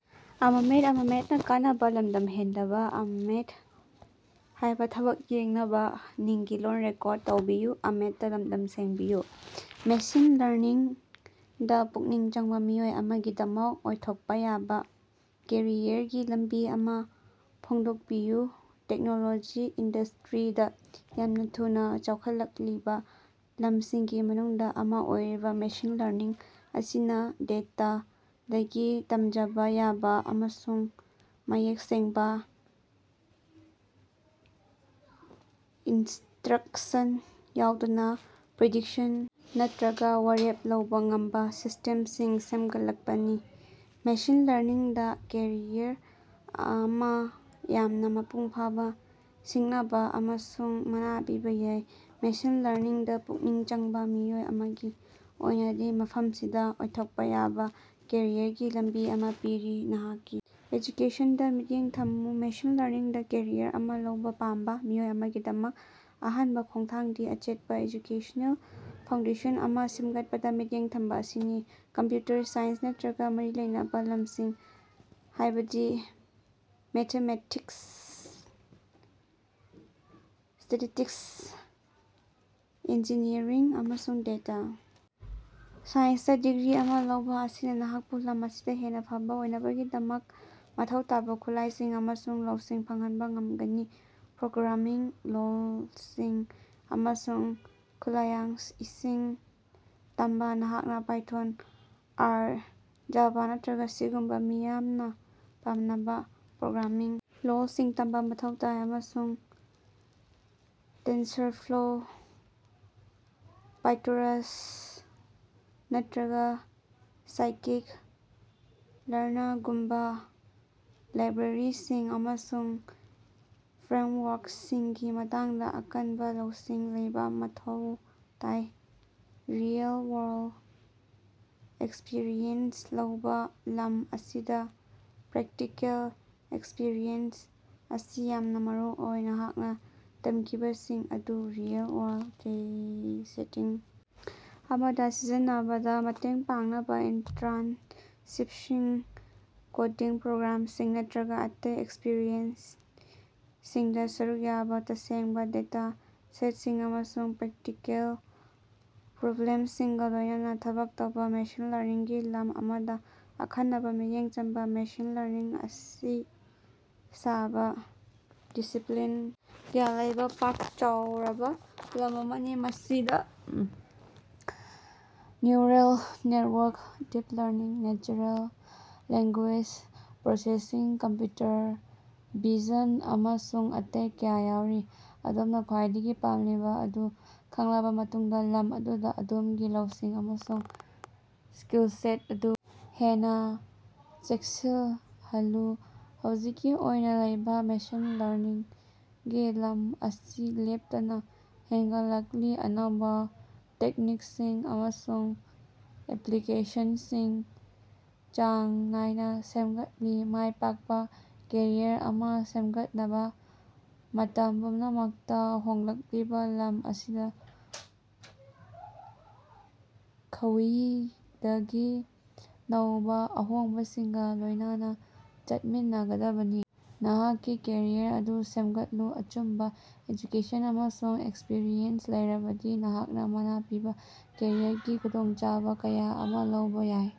Machine ꯂꯔꯅꯤꯡꯗ ꯄꯨꯛꯅꯤꯡ ꯆꯪꯕ ꯃꯤꯑꯣꯏ ꯑꯃꯒꯤꯗꯃꯛ ꯑꯣꯏꯊꯣꯛꯄ ꯌꯥꯕ ꯀꯦꯔꯤꯌꯔꯒꯤ ꯂꯝꯕꯤ ꯑꯃ ꯐꯣꯡꯗꯣꯛꯄꯤꯌꯨ꯫ ꯇꯦꯛꯅꯣꯂꯣꯖꯤ ꯏꯟꯗꯁ꯭ꯠꯔꯤꯗ ꯌꯥꯝꯅ ꯊꯨꯅ ꯆꯥꯎꯈꯠꯂꯛꯂꯤꯕ ꯂꯝꯁꯤꯡꯒꯤ ꯃꯅꯨꯡꯗ ꯑꯃ ꯑꯣꯏꯔꯤꯕ ꯃꯦꯁꯤꯟ ꯂꯔꯅꯤꯡ ꯑꯁꯤꯅ ꯗꯦꯇꯥꯗꯒꯤ ꯇꯝꯖꯕ ꯌꯥꯕ ꯑꯃꯁꯨꯡ ꯃꯌꯦꯛ ꯁꯦꯡꯕ ꯏꯟꯁꯇ꯭ꯔꯛꯁꯟ ꯌꯥꯎꯗꯅ ꯄ꯭ꯔꯤꯗꯤꯛꯁꯟ ꯅꯠꯇ꯭ꯔꯒ ꯋꯥꯔꯦꯞ ꯂꯧꯕ ꯉꯝꯕ ꯁꯤꯁꯇꯦꯝꯁꯤꯡ ꯁꯦꯝꯒꯠꯄꯅꯤ꯫ ꯃꯦꯁꯤꯟ ꯂꯔꯅꯤꯡꯗ ꯀꯦꯔꯤꯌꯔ ꯑꯃ ꯌꯥꯝꯅ ꯃꯄꯨꯡ ꯐꯥꯕ, ꯁꯤꯡꯅꯕ ꯑꯃꯁꯨꯡ ꯃꯅꯥ ꯄꯤꯕ ꯌꯥꯏ꯫ ꯃꯦꯁꯤꯟ ꯂꯔꯅꯤꯡꯗ ꯄꯨꯛꯅꯤꯡ ꯆꯪꯕ ꯃꯤꯑꯣꯏ ꯑꯃꯒꯤ ꯑꯣꯏꯅꯗꯤ, ꯃꯐꯝꯁꯤꯗ ꯑꯣꯏꯊꯣꯛꯄ ꯌꯥꯕ ꯀꯦꯔꯤꯌꯔꯒꯤ ꯂꯝꯕꯤ ꯑꯃ ꯄꯤꯔꯤ: ꯅꯍꯥꯛꯀꯤ ꯑꯦꯖꯨꯀꯦꯁꯟꯗ ꯃꯤꯠꯌꯦꯡ ꯊꯝꯃꯨ: ꯃꯦꯁꯤꯟ ꯂꯔꯅꯤꯡꯗ ꯀꯦꯔꯤꯌꯔ ꯑꯃ ꯂꯧꯕ ꯄꯥꯝꯕ ꯃꯤꯑꯣꯏ ꯑꯃꯒꯤꯗꯃꯛ ꯑꯍꯥꯟꯕ ꯈꯣꯡꯊꯥꯡꯗꯤ ꯑꯆꯦꯠꯄ ꯑꯦꯖꯨꯀꯦꯁꯅꯦꯜ ꯐꯥꯎꯟꯗꯦꯁꯟ ꯑꯃ ꯁꯦꯝꯒꯠꯄꯗ ꯃꯤꯠꯌꯦꯡ ꯊꯝꯕ ꯑꯁꯤꯅꯤ꯫ ꯀꯝꯄ꯭ꯌꯨꯇꯔ ꯁꯥꯏꯟꯁ ꯅꯠꯇ꯭ꯔꯒ ꯃꯔꯤ ꯂꯩꯅꯕ ꯂꯝꯁꯤꯡ ꯍꯥꯏꯕꯗꯤ ꯃꯦꯊꯃꯦꯇꯤꯛꯁ, ꯁ꯭ꯇꯦꯇꯤꯁ꯭ꯇꯤꯛꯁ, ꯏꯟꯖꯤꯅꯤꯌꯔꯤꯡ ꯑꯃꯁꯨꯡ ꯗꯦꯇꯥ ꯁꯥꯏꯟꯁꯇ ꯗꯤꯒ꯭ꯔꯤ ꯑꯃ ꯂꯧꯕ ꯑꯁꯤꯅ ꯅꯍꯥꯛꯄꯨ ꯂꯝ ꯑꯁꯤꯗ ꯍꯦꯟꯅ ꯐꯕ ꯑꯣꯏꯅꯕꯒꯤꯗꯃꯛ ꯃꯊꯧ ꯇꯥꯕ ꯈꯨꯠꯂꯥꯏꯁꯤꯡ ꯑꯃꯁꯨꯡ ꯂꯧꯁꯤꯡ ꯐꯪꯍꯟꯕ ꯉꯝꯒꯅꯤ꯫ ꯄ꯭ꯔꯣꯒ꯭ꯔꯥꯃꯤꯡ ꯂꯣꯜꯁꯤꯡ ꯑꯃꯁꯨꯡ ꯈꯨꯠꯂꯥꯌꯡꯏꯁꯤꯡ ꯇꯝꯕ: ꯅꯍꯥꯛꯅ ꯄꯥꯏꯊꯣꯟ, ꯑꯥꯔ, ꯖꯥꯚꯥ ꯅꯠꯇ꯭ꯔꯒ ꯁꯤ ꯒꯨꯝꯕꯥ ꯃꯤꯌꯥꯝꯅ ꯄꯥꯝꯅꯕ ꯄ꯭ꯔꯣꯒ꯭ꯔꯥꯃꯤꯡ ꯂꯣꯜꯁꯤꯡ ꯇꯝꯕ ꯃꯊꯧ ꯇꯥꯏ ꯑꯃꯁꯨꯡ ꯇꯦꯟꯁꯔꯐ꯭ꯂꯣ, ꯄꯥꯏꯇꯣꯔꯆ ꯅꯠꯇ‌꯭ꯔꯒ ꯁꯥꯏꯀꯤꯠ-ꯂꯔꯅꯒꯨꯝꯕ ꯂꯥꯏꯕ꯭ꯔꯦꯔꯤꯁꯤꯡ ꯑꯃꯁꯨꯡ ꯐ꯭ꯔꯦꯝꯋꯥꯔꯛꯁꯤꯡꯒꯤ ꯃꯇꯥꯡꯗ ꯑꯀꯟꯕ ꯂꯧꯁꯤꯡ ꯂꯩꯕ ꯃꯊꯧ ꯇꯥꯏ꯫ ꯔꯤꯑꯦꯜ-ꯋꯥꯔꯜꯗ ꯑꯦꯛꯁꯄꯤꯔꯤꯑꯦꯟꯁ ꯂꯧꯕ: ꯂꯝ ꯑꯁꯤꯗ ꯄ꯭ꯔꯦꯛꯇꯤꯀꯦꯜ ꯑꯦꯛꯁꯄꯤꯔꯤꯑꯦꯟꯁ ꯑꯁꯤ ꯌꯥꯝꯅ ꯃꯔꯨꯑꯣꯏ꯫ ꯅꯍꯥꯛꯅ ꯇꯝꯈꯤꯕꯁꯤꯡ ꯑꯗꯨ ꯔꯤꯑꯦꯜ-ꯋꯥꯔꯜꯗ ꯁꯦꯇꯤꯡ ꯑꯃꯗ ꯁꯤꯖꯤꯟꯅꯕꯗ ꯃꯇꯦꯡ ꯄꯥꯡꯅꯕ ꯏꯟꯇꯔꯟꯁꯤꯞꯁꯤꯡ, ꯀꯣꯗꯤꯡ ꯄ꯭ꯔꯣꯒ꯭ꯔꯥꯝꯁꯤꯡ ꯅꯠꯇ꯭ꯔꯒ ꯑꯇꯩ ꯑꯦꯛꯁꯄꯤꯔꯤꯑꯦꯟꯁꯁꯤꯡꯗ ꯁꯔꯨꯛ ꯌꯥꯕ, ꯇꯁꯦꯡꯕ ꯗꯦꯇꯥ ꯁꯦꯠꯁꯤꯡ ꯑꯃꯁꯨꯡ ꯄ꯭ꯔꯦꯛꯇꯤꯀꯦꯜ ꯄ꯭ꯔꯣꯕ꯭ꯂꯦꯝꯁꯤꯡꯒ ꯂꯣꯏꯅꯅꯥ ꯊꯕꯛ ꯇꯧꯕ꯫ ꯃꯦꯁꯤꯟ ꯂꯔꯅꯤꯡ ꯒꯤ ꯂꯝ ꯑꯃꯗ ꯑꯈꯟꯅꯕ ꯃꯤꯠꯌꯦꯡ ꯆꯪꯕ: ꯃꯦꯁꯤꯟ ꯂꯔꯅꯤꯡ ꯑꯁꯤ ꯁꯕ-ꯗꯤꯁꯤꯄ꯭ꯂꯤꯟ ꯀꯌꯥ ꯂꯩꯕ ꯄꯥꯛ ꯆꯥꯎꯔꯕ ꯂꯝ ꯑꯃꯅꯤ꯫ ꯃꯁꯤꯗ neural network, deep learning, natural language processing, computer vision, ꯑꯃꯁꯨꯡ ꯑꯇꯩ ꯀꯌꯥ ꯌꯥꯎꯔꯤ꯫ ꯑꯗꯣꯝꯅ ꯈ꯭ꯋꯥꯏꯗꯒꯤ ꯄꯥꯝꯂꯤꯕ ꯑꯗꯨ ꯈꯪꯂꯕ ꯃꯇꯨꯡꯗ, ꯂꯝ ꯑꯗꯨꯗ ꯑꯗꯣꯝꯒꯤ ꯂꯧꯁꯤꯡ ꯑꯃꯁꯨꯡ ꯁ꯭ꯀꯤꯜꯁꯦꯠ ꯑꯗꯨ ꯍꯦꯟꯅ ꯆꯦꯠꯁꯤꯜꯍꯜꯂꯨ꯫ ꯍꯧꯖꯤꯛꯀꯤ ꯑꯣꯏꯅ ꯂꯩꯕ: ꯃꯦꯁꯤꯟ ꯂꯔꯅꯤꯡꯒꯤ ꯂꯝ ꯑꯁꯤ ꯂꯦꯞꯇꯅ ꯍꯦꯟꯒꯠꯂꯛꯂꯤ, ꯑꯅꯧꯕ ꯇꯦꯛꯅꯤꯛꯁꯤꯡ ꯑꯃꯁꯨꯡ ꯑꯦꯄ꯭ꯂꯤꯀꯦꯁꯟꯁꯤꯡ ꯆꯥꯡ ꯅꯥꯏꯅ ꯁꯦꯝꯒꯠꯂꯤ꯫ ꯃꯥꯏ ꯄꯥꯛꯄ ꯀꯦꯔꯤꯌꯔ ꯑꯃ ꯁꯦꯝꯒꯠꯅꯕ ꯃꯇꯝ ꯄꯨꯝꯅꯃꯛꯇ ꯍꯣꯡꯂꯛꯂꯤꯕ ꯂꯝ ꯑꯁꯤꯗ ꯈ꯭ꯋꯤꯏꯗꯒꯤ ꯅꯧꯕ ꯑꯍꯣꯡꯕꯁꯤꯡꯒ ꯂꯣꯏꯅꯅ ꯆꯠꯃꯤꯟꯅꯒꯗꯕꯅꯤ꯫ ꯅꯍꯥꯛꯀꯤ ꯀꯦꯔꯤꯌꯔ ꯑꯗꯨ ꯁꯦꯝꯒꯠꯂꯨ: ꯑꯆꯨꯝꯕ ꯑꯦꯖꯨꯀꯦꯁꯟ ꯑꯃꯁꯨꯡ ꯑꯦꯛꯁꯄꯤꯔꯤꯑꯦꯟꯁ ꯂꯩꯔꯕꯗꯤ, ꯅꯍꯥꯛꯅ ꯃꯅꯥ ꯄꯤꯕ ꯀꯦꯔꯤꯌꯔꯒꯤ ꯈꯨꯗꯣꯡꯆꯥꯕ ꯀꯌꯥ ꯑꯃ ꯂꯧꯕ ꯌꯥꯏ꯫